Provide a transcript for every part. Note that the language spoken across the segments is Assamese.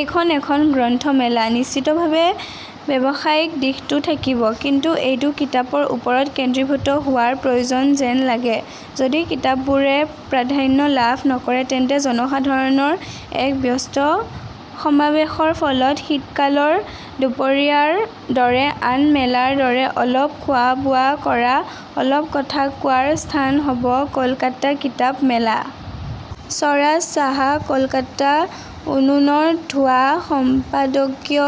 এইখন এখন গ্ৰন্থ মেলা। নিশ্চিতভাৱে ব্যৱসায়িক দিশটো থাকিব। কিন্তু এইটো কিতাপৰ ওপৰত কেন্দ্ৰীভূত হোৱাৰ প্ৰয়োজন যেন লাগে। যদি কিতাপবোৰে প্ৰাধান্য লাভ নকৰে, তেন্তে জনসাধাৰণৰ এক ব্যস্ত সমাৱেশৰ ফলত শীতকালৰ দুপৰীয়াৰ দৰে আন মেলাৰ দৰে অলপ খোৱা-বোৱা কৰা, অলপ কথা কোৱাৰ স্থান হ 'ব কলকাতা কিতাপ মেলা। স্বৰাজ সাহা, কলকাতা উনুনৰ ধোঁৱা সম্পাদকীয়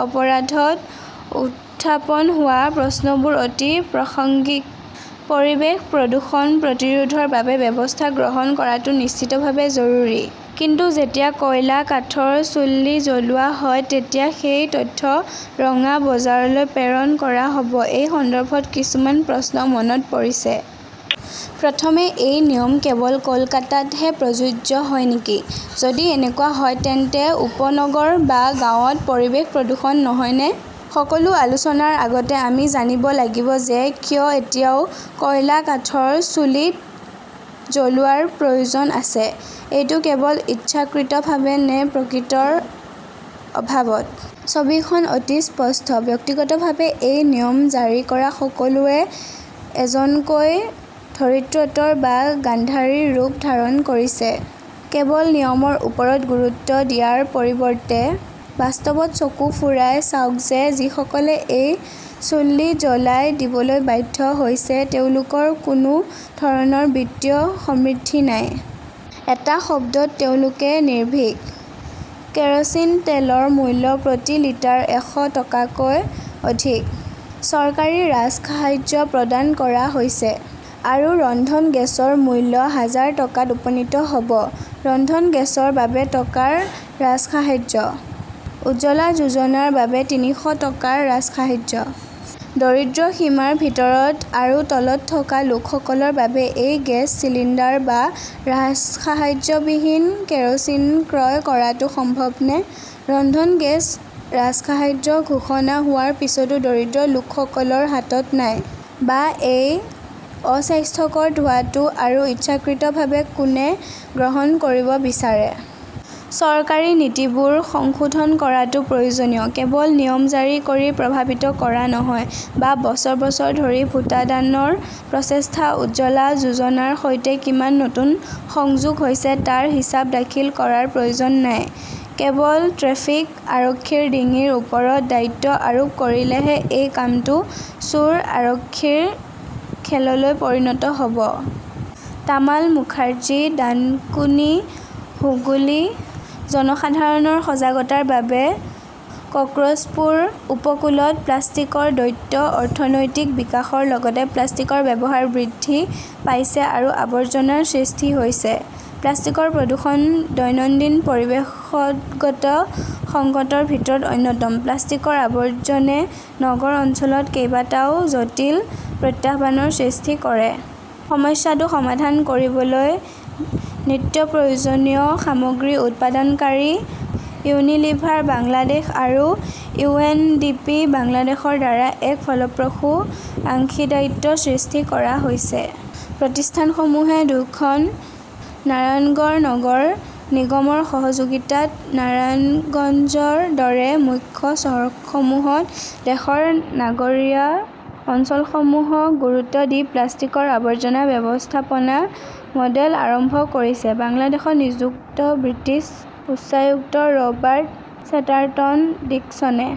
অপৰাধ' ত উত্থাপন হোৱা প্ৰশ্নবোৰ অতি প্ৰাসংগিক। পৰিৱেশ প্ৰদূষণ প্ৰতিৰোধৰ বাবে ব্যৱস্থা গ্ৰহণ কৰাটো নিশ্চিতভাৱে জৰুৰী। কিন্তু যেতিয়া কয়লা-কাঠৰ চুল্লি জ্বলোৱা হয় তেতিয়া সেই তথ্য ৰঙা বজাৰলৈ প্ৰেৰণ কৰা হ 'ব-এই সন্দৰ্ভত কিছুমান প্ৰশ্ন মনত পৰিছে। প্ৰথমতে, এই নিয়ম কেৱল কলকাতাতহে প্ৰযোজ্য হয় নেকি। যদি এনেকুৱা হয়, তেন্তে উপনগৰ বা গাঁৱত পৰিৱেশ প্ৰদূষণ নহয়নে? সকলো আলোচনাৰ আগতে আমি জানিব লাগিব যে কিয় এতিয়াও কয়লা-কাঠৰ চুলিত জ্বলোৱাৰ প্ৰয়োজন আছে। এইটো কেৱল ইচ্ছাকৃতভাৱে, নে প্ৰকৃতৰ অভাৱত। ছবিখন অতি স্পষ্ট। ব্যক্তিগতভাৱে, এই নিয়ম জাৰি কৰা সকলোৱে এজনকৈ ধৰিত্ৰতৰ বা গান্ধাৰী ৰূপ ধাৰণ কৰিছে। কেৱল নিয়মৰ ওপৰত গুৰুত্ব দিয়াৰ পৰিৱৰ্তে, বাস্তৱত চকু ফুৰাই চাওক যে যিসকলে এই চুল্লী জ্বলাই দিবলৈ বাধ্য হৈছে তেওঁলোকৰ কোনো ধৰণৰ বিত্তীয় সমৃদ্ধি নাই। এটা শব্দত, তেওঁলোকে নিৰ্ভীক। কেৰ "চিন তেলৰ মূল্য প্ৰতি লিটাৰত এশ টকাতকৈ অধিক। চৰকাৰী ৰাজসাহায্য প্ৰদান কৰা হৈছে। আৰু ৰন্ধন গেছৰ মূল্য হাজাৰ টকাত উপনীত হ’ব। ৰন্ধন গেছৰ বাবে টকাৰ ৰাজসাহায্য। উজ্জ্বলা যোজনাৰ বাবে তিনিশ টকাৰ ৰাজসাহায্য। দৰিদ্ৰ সীমাৰ ভিতৰত আৰু তলত থকা লোকসকলৰ বাবে এই গেছ চিলিণ্ডাৰ বা ৰাজসাহায্যবিহীন কেৰোচিন ক্ৰয় কৰাটো সম্ভৱনে। ৰন্ধন গেছ ৰাজসাহায্য ঘোষণা হোৱাৰ পিছতো দৰিদ্ৰ লোকসকলৰ হাতত নাই। বা এই অস্বাস্থ্যকৰ ধোঁৱাটো আৰু ইচ্ছাকৃতভাৱে কোনে গ্ৰহণ কৰিব বিচাৰে। চৰকাৰী নীতিবোৰ সংশোধন কৰাটো প্ৰয়োজনীয়, কেৱল নিয়ম জাৰি কৰি প্ৰভাৱিত কৰা নহয়, বা বছৰ বছৰ ধৰি ভোটদানৰ প্ৰচেষ্টাত উজ্জ্বলা যোজনাৰ সৈতে কিমান নতুন সংযোগ হৈছে তাৰ হিচাপ দাখিল কৰাৰ প্ৰয়োজন নাই। কেৱল ট্ৰেফিক আৰক্ষীৰ ডিঙিৰ ওপৰত দায়িত্ব আৰোপ কৰিলেহে এই কামটো চোৰ-আৰক্ষীৰ খেললৈ পৰিণত হ’ব। তামাল মুখাৰ্জী, ডানকুনি, হুগলী। জনসাধাৰণৰ সজাগতাৰ বাবে কক্সপুৰ উপকূলত প্লাষ্টিকৰ দৈত্য অৰ্থনৈতিক বিকাশৰ লগতে প্লাষ্টিকৰ ব্যৱহাৰ বৃদ্ধি পাইছে আৰু আৱৰ্জনা সৃষ্টি হৈছে। প্লাষ্টিকৰ প্ৰদূষণ দৈনন্দিন পৰিৱেশগত সংকটৰ ভিতৰত অন্যতম। প্লাষ্টিকৰ আৱৰ্জনে নগৰ অঞ্চলত কেইবাটাও জটিল প্ৰত্যাহ্বানৰ সৃষ্টি কৰে। সমস্যাটো সমাধান কৰিবলৈ নিত্যপ্ৰয়োজনীয় সামগ্ৰী উৎপাদনকাৰী ইউনিলিভাৰ বাংলাদেশ আৰু ইউ. এন. ডি. পি. বাংলাদেশৰ দ্বাৰা এক ফলপ্ৰসূ অংশীদাৰিত্ব সৃষ্টি কৰা হৈছে। প্ৰতিষ্ঠানসমূহে দুয়োখন নাৰায়ণগড় নগৰ নিগমৰ সহযোগিতাত নাৰায়ণগঞ্জৰ দৰে মুখ্য চহৰসমূহত দেশৰ নগৰীয়া অঞ্চলসমূহক গুৰুত্ব দি প্লাষ্টিকৰ আৱৰ্জনা ব্যৱস্থাপনা মডেল আৰম্ভ কৰিছে। বাংলাদেশত নিযুক্ত ব্ৰিটিছ উচ্চায়ুক্ত ৰবাৰ্ট চেটাৰটন ডিকছনে